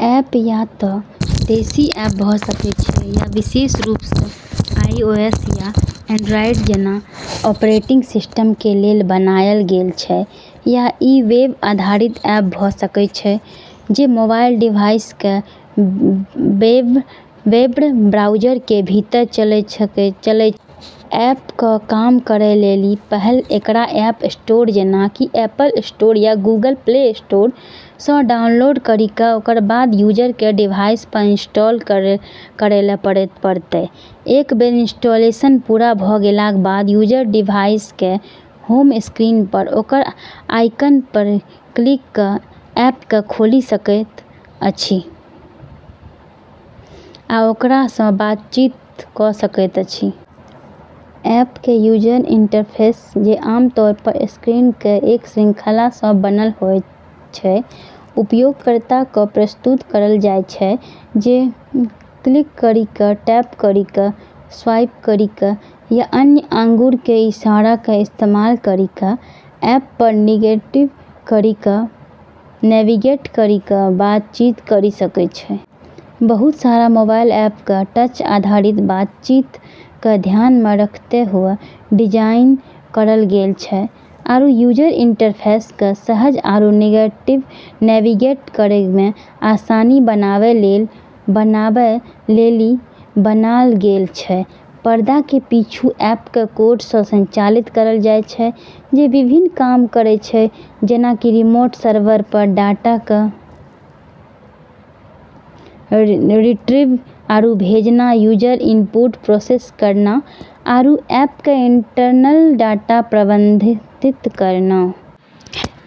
App या त देशी ऐप भ सकय छै, जे विशेष रूप सं आईओएस या एंड्रॉयड जैना ऑपरेटिंग सिस्टम के लेल बनायल गेल छै, या इ वेब आधारित ऐप भ सकय छै, जे मोबाइल डिवाइस के वेब ब्राउज़र के भीतर चलै छै। ऐप क काम करै लेली पहल एकरा ऐप स्टोर, जेना कि एप्पल स्टोर या गूगल प्ले स्टोर स डाउनलोड करी क ओकरा बाद यूजर के डिवाइस प इंस्टॉल करै ल पड़तै। एक बेर इंस्टॉलेशन पूरा भ गेलाक बाद यूजर डिवाइस के होम स्क्रीन पर ओकर आइकन पर क्लिक क ऐप के खोलि सकैत अछि आओर ओकरा सं बातचीत क सकैत अछि। ऐप के यूजर इंटरफेस, जे आमतौर प स्क्रीन के एक श्रृंखला स बनल होय छै, उपयोगकर्ता क प्रस्तुत करल जाय छै, जे क्लिक करी क, टैप करी क, स्वाइप करी क या अन्य आँगुर के इशारा के इस्तेमाल करी क ऐप प नेविगेट करी क बातचीत करी सकै छै। बहुत सारा मोबाइल ऐप क टच आधारित बातचीत क ध्यान मे रखतें हुअ डिजाइन करल गेल छै, आरू यूजर इंटरफेस क सहज आरू नेविगेट करै मे आसान बनाबै लेली बनाल गेल छै। पर्दा के पीछू ऐप क कोड स संचालित करल जाय छै जे विभिन्न काम करै छै, जेना कि रिमोट सर्वर प डाटा क रिट्रीव आरू भेजना, यूजर इनपुट क प्रोसेस करना, आरू ऐप के इंटरनल डाटा क प्रबंधित करना।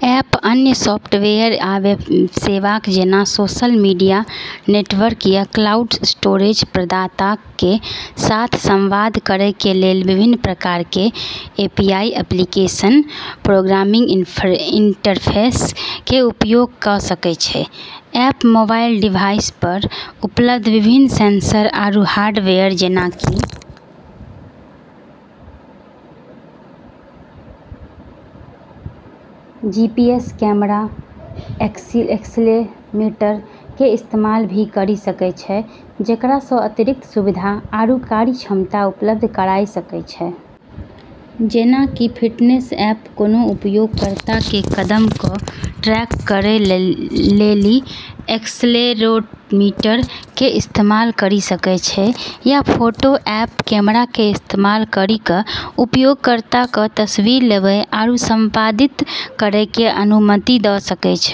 ऐप अन्य सॉफ्टवेयर या सेवाक, जेना सोशल मीडिया नेटवर्क या क्लाउड स्टोरेज प्रदाताक के साथ संवाद करय के लेल विभिन्न प्रकार के एपीआई (एप्लीकेशन प्रोग्रामिंग इंटरफेस) के उपयोग क सकय छै। ऐप मोबाइल डिवाइस प उपलब्ध विभिन्न सेंसर आरू हार्डवेयर, जेना कि जीपीएस, कैमरा, या एक्सीलेरोमीटर के इस्तेमाल भी करी सकै छै, जेकरा स अतिरिक्त सुविधा आरू कार्यक्षमता उपलब्ध कराय सकै छै। जेना कि फिटनेस ऐप कोनों उपयोगकर्ता के कदम क ट्रैक करै लेली एक्सीलेरोमीटर के इस्तेमाल करी सकै छै, या फोटो ऐप कैमरा के इस्तेमाल करी क उपयोगकर्ता क तस्वीर लेबै आरू संपादित करै के अनुमति द सकै छै।